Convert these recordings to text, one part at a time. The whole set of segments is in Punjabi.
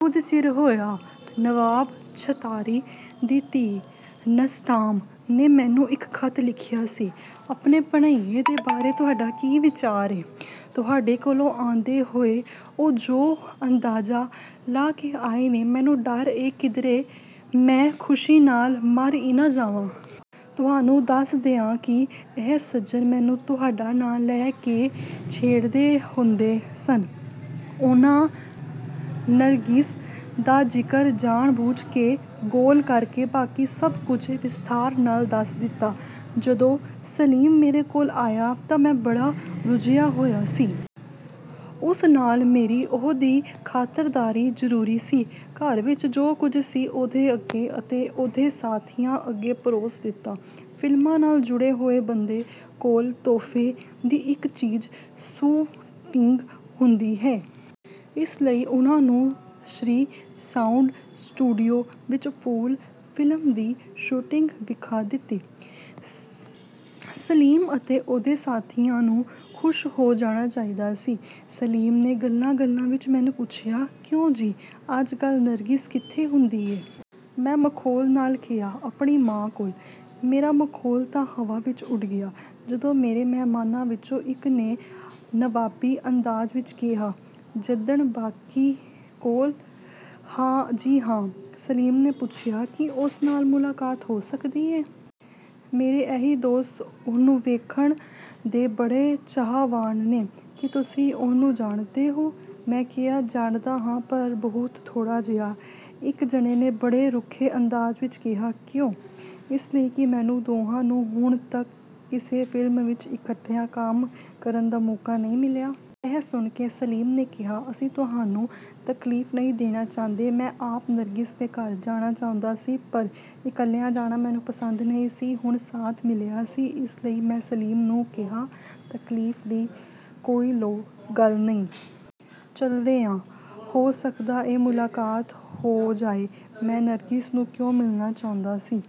ਕੁਝ ਚਿਰ ਹੋਇਆ, ਨਵਾਬ ਛਤਾਰੀ ਦੀ ਧੀ ਤਸਨਾਮ ਨੇ ਮੈਨੂੰ ਇੱਕ ਖ਼ਤ ਲਿਖਿਆ ਸੀ, ਆਪਣੇ ਭਣਵੱਈਏ ਦੇ ਬਾਰੇ ਤੁਹਾਡਾ ਕੀ ਵਿਚਾਰ ਏ? ਤੁਹਾਡੇ ਕੋਲੋਂ ਆਉਂਦੇ ਹੋਏ ਉਹ ਜੋ ਅੰਦਾਜ਼ਾ ਲਾ ਕੇ ਆਏ ਨੇ, ਮੈਨੂੰ ਡਰ ਏ ਕਿਧਰੇ ਮੈਂ ਖੁਸ਼ੀ ਨਾਲ ਮਰ ਈ ਨਾ ਜਾਵਾਂ! ਤੁਹਾਨੂੰ ਦੱਸ ਦਿਆਂ ਕਿ ਇਹ ਸੱਜਣ ਮੈਨੂੰ ਤੁਹਾਡਾ ਨਾਂ ਲੈ ਕੇ ਛੇੜਦੇ ਹੁੰਦੇ ਸਨ। ਉਨ੍ਹਾਂ ਨਰਗਿਸ ਦਾ ਜ਼ਿਕਰ ਜਾਣ ਬੁੱਝ ਕੇ ਗੋਲ ਕਰਕੇ ਬਾਕੀ ਸਭ ਕੁਝ ਵਿਸਥਾਰ ਨਾਲ ਦੱਸ ਦਿੱਤਾ। ਜਦੋਂ ਸਲੀਮ ਮੇਰੇ ਕੋਲ ਆਇਆ ਤਾਂ ਮੈਂ ਬੜਾ ਰੁੱਝਿਆ ਹੋਇਆ ਸੀ। ਉਸ ਨਾਲ ਮੇਰੀ ਉਹਦੀ ਖਾਤਰਦਾਰੀ ਜ਼ਰੂਰੀ ਸੀ। ਘਰ ਵਿੱਚ ਜੋ ਕੁਝ ਸੀ ਉਹਦੇ ਅੱਗੇ ਅਤੇ ਉਹਦੇ ਸਾਥੀਆਂ ਅੱਗੇ ਪਰੋਸ ਦਿੱਤਾ। ਫ਼ਿਲਮਾਂ ਨਾਲ ਜੁੜੇ ਹੋਏ ਬੰਦੇ ਕੋਲ ਤੋਹਫ਼ੇ ਦੀ ਇੱਕ ਚੀਜ਼ ਸ਼ੂਟਿੰਗ ਹੁੰਦੀ ਏ। ਇਸ ਲਈ ਉਨ੍ਹਾਂ ਨੂੰ ਸ੍ਰੀ ਸਾਊਂਡ ਸਟੂਡੀਓ ਵਿੱਚ ਫੂਲ ਫ਼ਿਲਮ ਦੀ ਸ਼ੂਟਿੰਗ ਵਿਖਾ ਦਿੱਤੀ। ਸਲੀਮ ਅਤੇ ਉਹਦੇ ਸਾਥੀਆਂ ਨੂੰ ਖੁਸ਼ ਹੋ ਜਾਣਾ ਚਾਹੀਦਾ ਸੀ। ਸਲੀਮ ਨੇ ਗੱਲਾਂ ਗੱਲਾਂ ਵਿੱਚ ਮੈਨੂੰ ਪੁੱਛਿਆ, ਕਿਉਂ ਜੀ, ਅੱਜ ਕੱਲ੍ਹ ਨਰਗਿਸ ਕਿੱਥੇ ਹੁੰਦੀ ਏ? ਮੈਂ ਮਖੌਲ ਨਾਲ ਕਿਹਾ, ਆਪਣੀ ਮਾਂ ਕੋਲ। ਮੇਰਾ ਮਖੌਲ ਤਾਂ ਹਵਾ ਵਿੱਚ ਉੱਡ ਗਿਆ। ਜਦੋਂ ਮੇਰੇ ਮਹਿਮਾਨਾਂ ਵਿੱਚੋਂ ਇੱਕ ਨੇ ਨਵਾਬੀ ਅੰਦਾਜ਼ ਵਿੱਚ ਕਿਹਾ, ਜੱਦਨ ਬਾਈ ਕੋਲ? ਜੀ ਹਾਂ। ਸਲੀਮ ਨੇ ਪੁੱਛਿਆ, ਕੀ ਉਸ ਨਾਲ ਮੁਲਾਕਾਤ ਹੋ ਸਕਦੀ ਏ? ਮੇਰੇ ਇਹ ਦੋਸਤ ਉਹਨੂੰ ਵੇਖਣ ਦੇ ਬੜੇ ਚਾਹਵਾਨ ਨੇ। ਕੀ ਤੁਸੀਂ ਉਸਨੂੰ ਜਾਣਦੇ ਹੋ? ਮੈਂ ਕਿਹਾ, ਜਾਣਦਾ ਹਾਂ ਪਰ ਬਹੁਤ ਥੋੜ੍ਹਾ ਜਿਹਾ। ਇੱਕ ਜਣੇ ਨੇ ਬੜੇ ਰੁੱਖੇ ਅੰਦਾਜ਼ ਵਿੱਚ ਕਿਹਾ, ਕਿਉਂ? ਇਸ ਲਈ ਕਿ ਸਾਨੂੰ ਦੋਹਾਂ ਨੂੰ ਹੁਣ ਤੱਕ ਕਿਸੇ ਫ਼ਿਲਮ ਵਿੱਚ ਇਕੱਠਿਆਂ ਕੰਮ ਕਰਨ ਦਾ ਮੌਕਾ ਨਹੀਂ ਮਿਲਿਆ। ਇਹ ਸੁਣ ਕੇ ਸਲੀਮ ਨੇ ਕਿਹਾ, ਅਸੀਂ ਤੁਹਾਨੂੰ ਤਕਲੀਫ਼ ਨਹੀਂ ਦੇਣਾ ਚਾਹੁੰਦੇ। ਮੈਂ ਆਪ ਨਰਗਿਸ ਦੇ ਘਰ ਜਾਣਾ ਚਾਹੁੰਦਾ ਸੀ ਪਰ ਇਕੱਲਿਆਂ ਜਾਣਾ ਮੈਨੂੰ ਪਸੰਦ ਨਹੀਂ ਸੀ। ਹੁਣ ਸਾਥ ਮਿਲਿਆ ਸੀ। ਇਸ ਲਈ ਮੈਂ ਸਲੀਮ ਨੂੰ ਕਿਹਾ, ਤਕਲੀਫ਼ ਦੀ ਕੋਈ ਗੱਲ ਨਹੀਂ। ਚੱਲਦੇ ਆਂ। ਹੋ ਸਕਦਾ ਏ ਮੁਲਾਕਾਤ ਹੋ ਜਾਏ। ਮੈਂ ਨਰਗਿਸ ਨੂੰ ਕਿਉਂ ਮਿਲਣਾ ਚਾਹੁੰਦਾ ਸੀ?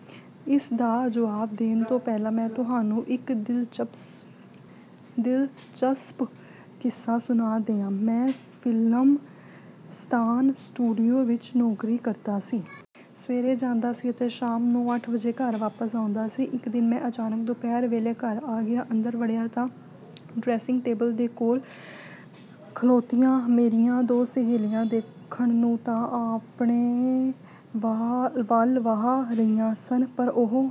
ਇਸ ਦਾ ਜਵਾਬ ਦੇਣ ਤੋਂ ਪਹਿਲਾਂ ਮੈਂ ਤੁਹਾਨੂੰ ਇੱਕ ਦਿਲਚਸਪ ਕਿੱਸਾ ਸੁਣਾ ਦਿਆਂ। ਮੈਂ ਫ਼ਿਲਮਸਤਾਨ ਸਟੂਡੀਓ ਵਿੱਚ ਨੌਕਰੀ ਕਰਦਾ ਸੀ। ਸਵੇਰੇ ਜਾਂਦਾ ਸੀ ਅਤੇ ਸ਼ਾਮ ਨੂੰ ਅੱਠ ਵਜੇ ਘਰ ਵਾਪਸ ਆਉਂਦਾ ਸੀ। ਇੱਕ ਦਿਨ ਮੈਂ ਅਚਾਨਕ ਦੁਪਹਿਰ ਵੇਲੇ ਘਰ ਆ ਗਿਆ। ਅੰਦਰ ਵੜਿਆ ਤਾਂ ਡਰੈਸਿੰਗ ਟੇਬਲ ਦੇ ਕੋਲ ਖਲੋਤੀਆਂ ਮੇਰੀਆਂ ਦੋ ਸਾਲੀਆਂ ਦੇਖਣ ਨੂੰ ਤਾਂ ਆਪਣੇ ਵਾਲ ਵਾਹ ਰਹੀਆਂ ਸਨ, ਪਰ ਉਹ